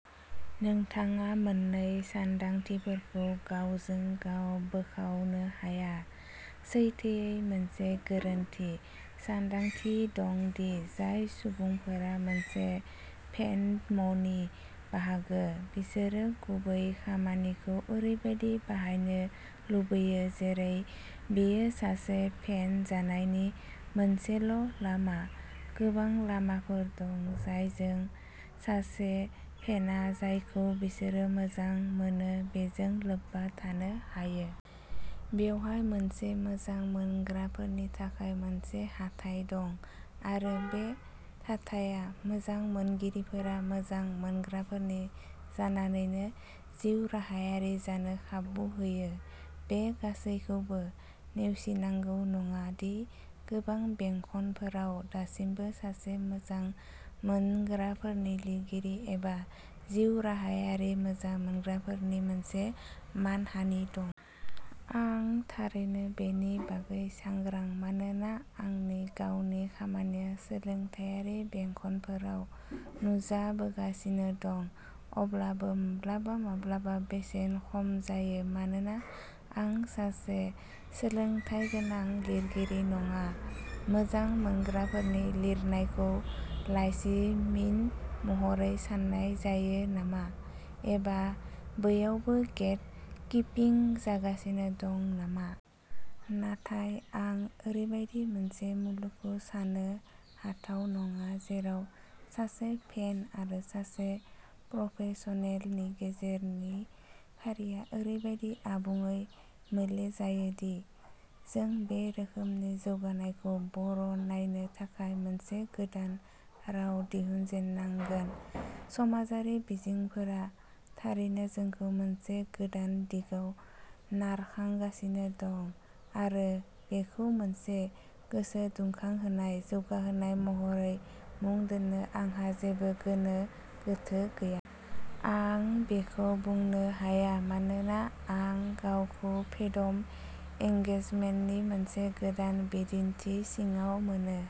नोंथाङा मोन्नै सानदांथिफोरखौ गावजों गाव बोखावनो हाया। सैथोयै, मोनसे गोरोन्थि सानदांथि दं दि जाय सुबुंफोरा मोनसे फेन्डमनि बाहागो, बिसोरो गुबै खामानिखौ ओरैबायदि बाहायनो लुबैयो जेरै बेयो सासे फेन जानायनि मोनसेल'लामा। गोबां लामाफोर दं जायजों सासे फेनआ जायखौ बिसोर मोजां मोनो बेजों लोब्बा थानो हायो। बेवहाय मोनसे मोजां मोनग्राफोरनि थाखाय मोनसे हाथाइ दं आरो बे थाथाया मोजां मोनगिरिफोरा मोजां मोनग्राफोरनि जानानैनो जिउराहायारि जानो खाबु होयो। बे गासैखौबो नेवसिनांगौ नङा दि गोबां बेंखनफोराव दासिमबो सासे मोजां मोनग्राफोरनि लिरगिरि एबा "जिउराहायारि मोजां मोनग्राफोरनि" मोनसे मानहानि दं। आं थारैनो बेनि बागै सांग्रां, मानोना आंनि गावनि खामानिया सोलोंथायारि बेंखनफोराव नुजाबोगासिनो दं, अब्लाबो माब्लाबा-माब्लाबा बेसेन खमायजायो मानोना आं सासे "सोलोंथायगोनां" लिरगिरि नङा। मोजां मोनग्राफोरनि लिरनायखौ लाइसिमिन महरै सान्नाय जायो नामा, एबा बैयावबो गेट-कीपिं जागासिनो दं नामा? नाथाय आं ओरैबायदि मोनसे मुलुगखौ सान्नो हाथाव नङा जेराव सासे फेन आरो सासे प्रफेसनेलनि गेजेरनि फारिया ओरैबायदि आबुङै मोले जायो दि जों बे रोखोमनि जौगानायखौ बरनायनो थाखाय मोनसे गोदान राव दिहुनजेननांगोन। समाजारि बिजोंफोरा थारैनो जोंखौ मोनसे गोदान दिगाव नारखांगासिनो दं, आरो बेखौ मोनसे गोसोदुंखांहोनाय जौगानाय महरै मुं दोन्नो आंहा जेबो गोनो गोथो गैया। आं बेखौ बुंनो हाया मानोना आं गावखौ फेडम एंगेजमेन्टनि मोनसे गोदान बिदिनथि सिङाव मोनो।